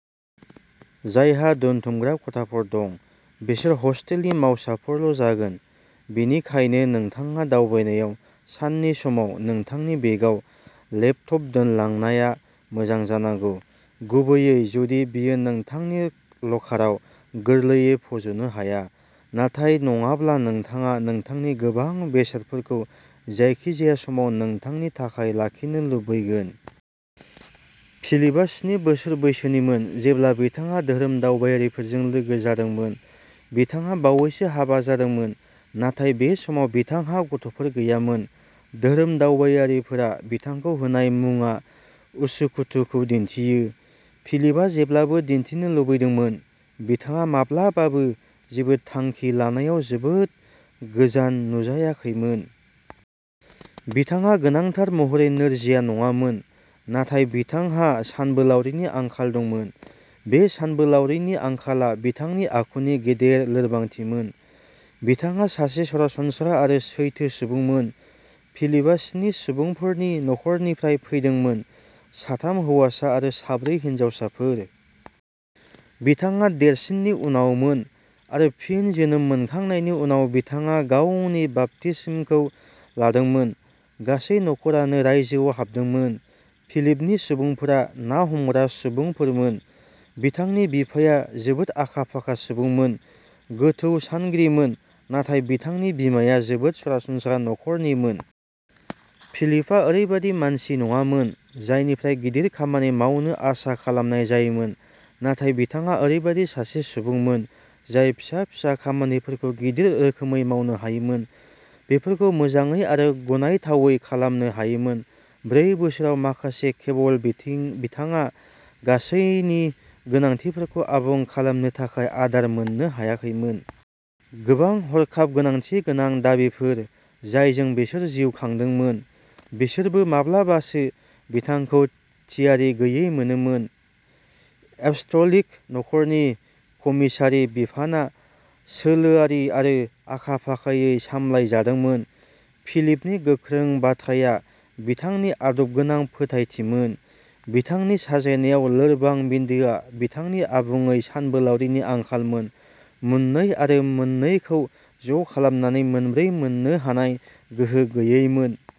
जायहा दोनथुमग्रा खथाफोर दं, बिसोर हस्टेलनि मावसाफोरल'जागोन, बेनिखायनो नोंथाङा दावबायनायाव साननि समाव नोंथांनि बेगआव लेपटप दोनलांनाया मोजां जानांगौ, गुबैयै जुदि बेयो नोंथांनि लकाराव गोरलैयै फज'नो हाया। नाथाय नङाब्ला, नोंथाङा नोंथांनि गोबां बेसादफोरखौ जायखिजाया समाव नोंथांनि थाखाय लाखिनो लुबैगोन। फिलिपआ स्निजि बोसोर बैसोनिमोन जेब्ला बिथाङा धोरोमदावबायारिफोरजों लोगो जादोंमोन; बिथाङा बावैसो हाबा जादोंमोन, नाथाय बे समाव बिथांहा गथ'फोर गैयामोन। धोरोमदावबायारिफोरा बिथांखौ होनाय मुंआ "उसुखुथु" खौ दिन्थियो। फिलिपआ जेब्लाबो दिन्थिनो लुबैदोंमोन। बिथाङा माब्लाबाबो जेबो थांखि लानायाव जोबोद गोजान नुजायाखैमोन। बिथाङा गोनांथार महरै नोरजिया नङामोन, नाथाय बिथांहा सानबोलावरिनि आंखाल दंमोन। बे सानबोलावरिनि आंखालआ बिथांनि आखुनि गेदेर लोरबांथिमोन। बिथाङा सासे सरासनस्रा आरो सैथो सुबुंमोन। फिलिपआ स्नि सुबुंफोरनि नखरनिफ्राय फैदोंमोन, साथाम हौवासा आरो साब्रै हिनजावसाफोर। बिथाङा देरसिननि उनावमोन, आरो फिन जोनोम मोनखांनायनि उनाव बिथाङा गावनि बाप्तिस्मखौ लादोंमोन। गासै नखरानो रायजोआव हाबदोंमोन। फिलिपनि सुबुंफोरा ना हमग्रा सुबुंफोरमोन। बिथांनि बिफाया जोबोद आखा-फाखा सुबुंमोन, गोथौ सानगिरिमोन, नाथाय बिथांनि बिमाया जोबोद सरासनस्रा नखरनिमोन। फिलिपआ ओरैबायदि मानसि नङामोन जायनिफ्राय गिदिर खामानि मावनो आसा खालामनाय जायोमोन, नाथाय बिथाङा ओरैबायदि सासे सुबुंमोन जाय फिसा-फिसा खामानिफोरखौ गिदिर रोखोमै मावनो हायोमोन, बेफोरखौ मोजाङै आरो गनायथावै खालामनो हायोमोन। ब्रै बोसोराव माखासे खेबल'बिथाङा गासैनि गोनांथिफोरखौ आबुं खालामनो थाखाय आदार मोननो हायाखैमोन। गोबां हरखाब गोनांथि गोनां दाबिफोर, जायजों बिसोर जिउ खांदोंमोन, बिसोरबो माब्लाबासो बिथांखौ थियारि गैयै मोनोमोन। एपस्टलिक नखरनि कमिसारि बिफानआ सोलोआरि आरो आखा-फाखायै सामलायजादोंमोन। फिलिपनि गोख्रों बाथ्राया बिथांनि आदबगोनां फोथायथिमोन; बिथांनि साजायनायाव लोरबां बिन्दोआ बिथांनि आबुङै सानबोलावरिनि आंखालमोन, मोननै आरो मोननैखौ ज'खालामनानै मोनब्रै मोननो हानाय गोहो गैयैमोन।